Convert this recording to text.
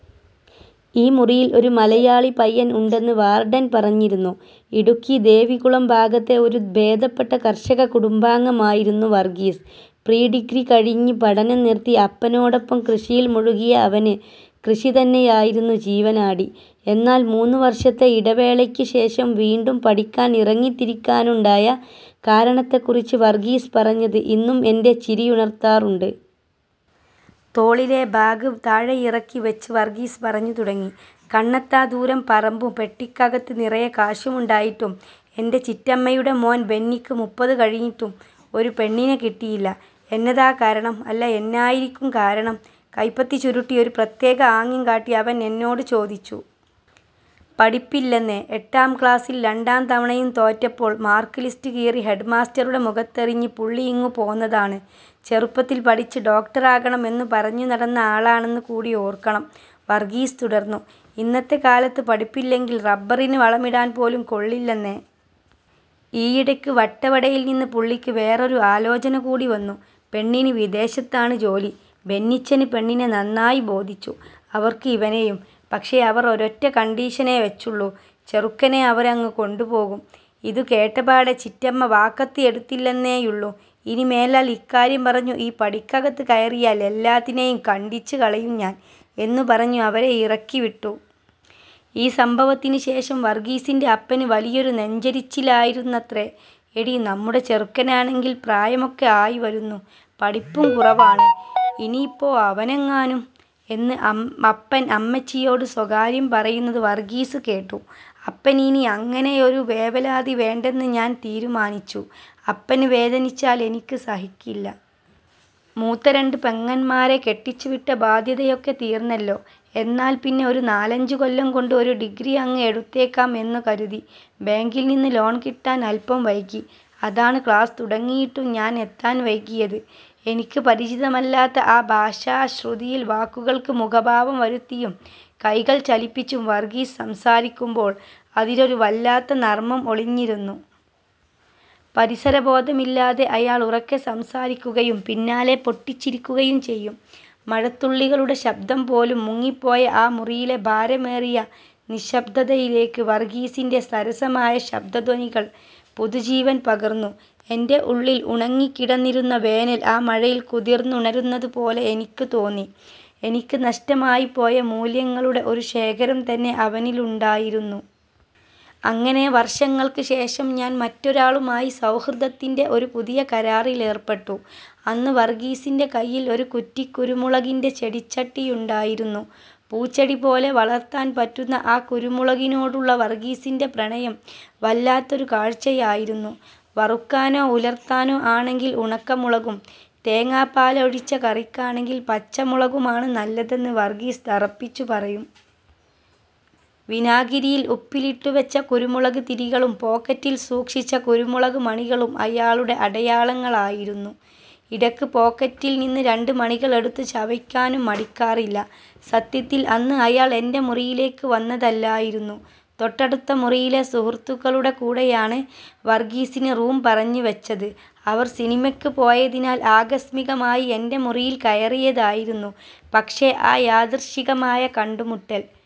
"ഈ മുറിയിൽ ഒരു മലയാളി പയ്യൻ ഉണ്ടെന്ന് വാർഡൻ പറഞ്ഞിരുന്നു. " ഇടുക്കി ദേവികുളം ഭാഗത്തെ ഒരു ഭേദപ്പെട്ട കർഷക കുടുംബാംഗമായിരുന്നു വർഗീസ്. പ്രീഡിഗ്രി കഴിഞ്ഞ് പഠനം നിർത്തി അപ്പനോടൊപ്പം കൃഷിയിൽ മുഴുകിയ അവന് കൃഷി തന്നെയായിരുന്നു ജീവനാഡി. എന്നാൽ മൂന്നു വർഷത്തെ ഇടവേളയ്ക്ക് ശേഷം വീണ്ടും പഠിക്കാൻ ഇറങ്ങിത്തിരിക്കാനുണ്ടായ കാരണത്തെക്കുറിച്ച് വർഗീസ് പറഞ്ഞത് ഇന്നും എന്റെ ചിരിയുണർത്താറുണ്ട്. തോളിലെ ബാഗ് താഴെയിറക്കി വെച്ച് വർഗീസ് പറഞ്ഞു തുടങ്ങി: "കണ്ണെത്താദൂരം പറമ്പും പെട്ടിക്കകത്ത് നിറയെ കാശുമുണ്ടായിട്ടും എന്റെ ചിറ്റമ്മയുടെ മോൻ ബെന്നിക്ക് മുപ്പത് കഴിഞ്ഞിട്ടും ഒരു പെണ്ണിനെ കിട്ടിയില്ല. എന്നതാ കാരണം.. അല്ല എന്നായിരിക്കും കാരണം.? " കൈപ്പത്തി ചുരുട്ടി ഒരു പ്രത്യേക ആംഗ്യം കാട്ടി അവൻ എന്നോട് ചോദിച്ചു. "പഠിപ്പില്ലെന്നേ... എട്ടാം ക്ലാസ്സിൽ രണ്ടാം തവണയും തോറ്റപ്പോൾ മാർക്ക് ലിസ്റ്റ് കീറി ഹെഡ്മാസ്റ്ററുടെ മുഖത്തെറിഞ്ഞ് പുള്ളി ഇങ്ങു പോന്നതാണ്. ചെറുപ്പത്തിൽ പഠിച്ച് ഡോക്ടറാകണം എന്ന് പറഞ്ഞു നടന്ന ആളാണെന്ന് കൂടി ഓർക്കണം! " വർഗീസ് തുടർന്നു: "ഇന്നത്തെ കാലത്ത് പഠിപ്പില്ലെങ്കിൽ റബ്ബറിന് വളമിടാൻ പോലും കൊള്ളില്ലെന്നേ. ഈയിടയ്ക്ക് വട്ടവടയിൽ നിന്ന് പുള്ളിക്ക് വേറൊരു ആലോചന കൂടി വന്നു. പെണ്ണിന് വിദേശത്താണ് ജോലി. ബെന്നിച്ചന് പെണ്ണിനെ നന്നായി ബോധിച്ചു, അവർക്ക് ഇവനെയും. പക്ഷേ അവർ ഒരൊറ്റ കണ്ടീഷനേ വെച്ചുള്ളൂ ചെറുക്കനെ അവരങ്ങ് കൊണ്ടുപോകും! ഇതുകേട്ട പാടെ ചിറ്റമ്മ വാക്കത്തി എടുത്തില്ലെന്നേയുള്ളൂ. 'ഇനിമേലാൽ ഇക്കാര്യം പറഞ്ഞു ഈ പടിക്കകത്ത് കയറിയാൽ എല്ലാത്തിനെയും കണ്ഡിച്ച് കളയും ഞാൻ' എന്ന് പറഞ്ഞു അവരെ ഇറക്കിവിട്ടു. " ഈ സംഭവത്തിന് ശേഷം വർഗീസിന്റെ അപ്പന് വലിയൊരു നെഞ്ചിരിച്ചിലായിരുന്നത്രേ. "എടീ, നമ്മുടെ ചെറുക്കനാണെങ്കിൽ പ്രായമൊക്കെ ആയിവരുന്നു, പഠിപ്പും കുറവാണ്. ഇനിയിപ്പോ അവനെങ്ങാനും... " എന്ന് അപ്പൻ അമ്മച്ചിയോട് സ്വകാര്യം പറയുന്നത് വർഗീസ് കേട്ടു. "അപ്പന് ഇനി അങ്ങനെയൊരു വേവലാതി വേണ്ടെന്ന് ഞാൻ തീരുമാനിച്ചു. അപ്പന് വേദനിച്ചാൽ എനിക്ക് സഹിക്കില്ല. മൂത്ത രണ്ട് പെങ്ങന്മാരെ കെട്ടിച്ചുവിട്ട ബാധ്യതയൊക്കെ തീർന്നല്ലോ. എന്നാൽപ്പിന്നെ ഒരു നാലഞ്ചു കൊല്ലം കൊണ്ട് ഒരു ഡിഗ്രി അങ്ങ് എടുത്തേക്കാം എന്ന് കരുതി. ബാങ്കിൽ നിന്ന് ലോൺ കിട്ടാൻ അല്പം വൈകി, അതാണ് ക്ലാസ് തുടങ്ങിയിട്ടും ഞാൻ എത്താൻ വൈകിയത്. " എനിക്ക് പരിചിതമല്ലാത്ത ആ ഭാഷാശ്രുതിയിൽ, വാക്കുകൾക്ക് മുഖഭാവം വരുത്തിയും കൈകൾ ചലിപ്പിച്ചും വർഗീസ് സംസാരിക്കുമ്പോൾ അതിലൊരു വല്ലാത്ത നർമ്മം ഒളിഞ്ഞിരുന്നു. പരിസരബോധമില്ലാതെ അയാൾ ഉറക്കെ സംസാരിക്കുകയും പിന്നാലെ പൊട്ടിച്ചിരിക്കുകയും ചെയ്യും. മഴത്തുള്ളികളുടെ ശബ്ദം പോലും മുങ്ങിപ്പോയ ആ മുറിയിലെ ഭാരമേറിയ നിശ്ശബ്ദതയിലേക്ക് വർഗീസിന്റെ സരസമായ ശബ്ദധ്വനികൾ പുതുജീവൻ പകർന്നു. എന്റെ ഉള്ളിൽ ഉണങ്ങിക്കിടന്നിരുന്ന വേനൽ ആ മഴയിൽ കുതിർന്നുണരുന്നതുപോലെ എനിക്ക് തോന്നി. എനിക്ക് നഷ്ടമായിപ്പോയ മൂല്യങ്ങളുടെ ഒരു ശേഖരം തന്നെ അവനിലുണ്ടായിരുന്നു. അങ്ങനെ വർഷങ്ങൾക്ക് ശേഷം, ഞാൻ മറ്റൊരാളുമായി സൗഹൃദത്തിന്റെ ഒരു പുതിയ കരാറിലേർപ്പെട്ടു. അന്ന് വർഗീസിന്റെ കയ്യിൽ ഒരു കുറ്റിക്കുരുമുളകിന്റെ ചെടിച്ചട്ടിയുണ്ടായിരുന്നു. പൂച്ചെടിപോലെ വളർത്താൻ പറ്റുന്ന ആ കുരുമുളകിനോടുള്ള വർഗീസിന്റെ പ്രണയം വല്ലാത്തൊരു കാഴ്ചയായിരുന്നു. വറുക്കാനോ ഉലർത്താനോ ആണെങ്കിൽ ഉണക്കമുളകും, തേങ്ങാപ്പാലൊഴിച്ച കറിക്കാണെങ്കിൽ പച്ചമുളകുമാണ് നല്ലതെന്ന് വർഗീസ് തറപ്പിച്ചു പറയും. വിനാഗിരിയിൽ ഉപ്പിലിട്ടുവെച്ച കുരുമുളക് തിരികളും പോക്കറ്റിൽ സൂക്ഷിച്ച കുരുമുളക് മണികളും അയാളുടെ അടയാളങ്ങളായിരുന്നു. ഇടയ്ക്ക് പോക്കറ്റിൽ നിന്ന് രണ്ട് മണികൾ എടുത്ത് ചവയ്ക്കാനും മടിക്കാറില്ല. സത്യത്തിൽ അന്ന് അയാൾ എന്റെ മുറിയിലേക്ക് വന്നതല്ലായിരുന്നു. തൊട്ടടുത്ത മുറിയിലെ സുഹൃത്തുക്കളുടെ കൂടെയാണ് വർഗ്ഗീസിന് റൂം പറഞ്ഞ് വെച്ചത്. അവർ സിനിമയ്ക്ക് പോയതിനാൽ ആകസ്മികമായി എന്റെ മുറിയിൽ കയറിയതായിരുന്നു. പക്ഷേ ആ യാദൃച്ഛികമായ കണ്ടുമുട്ടൽ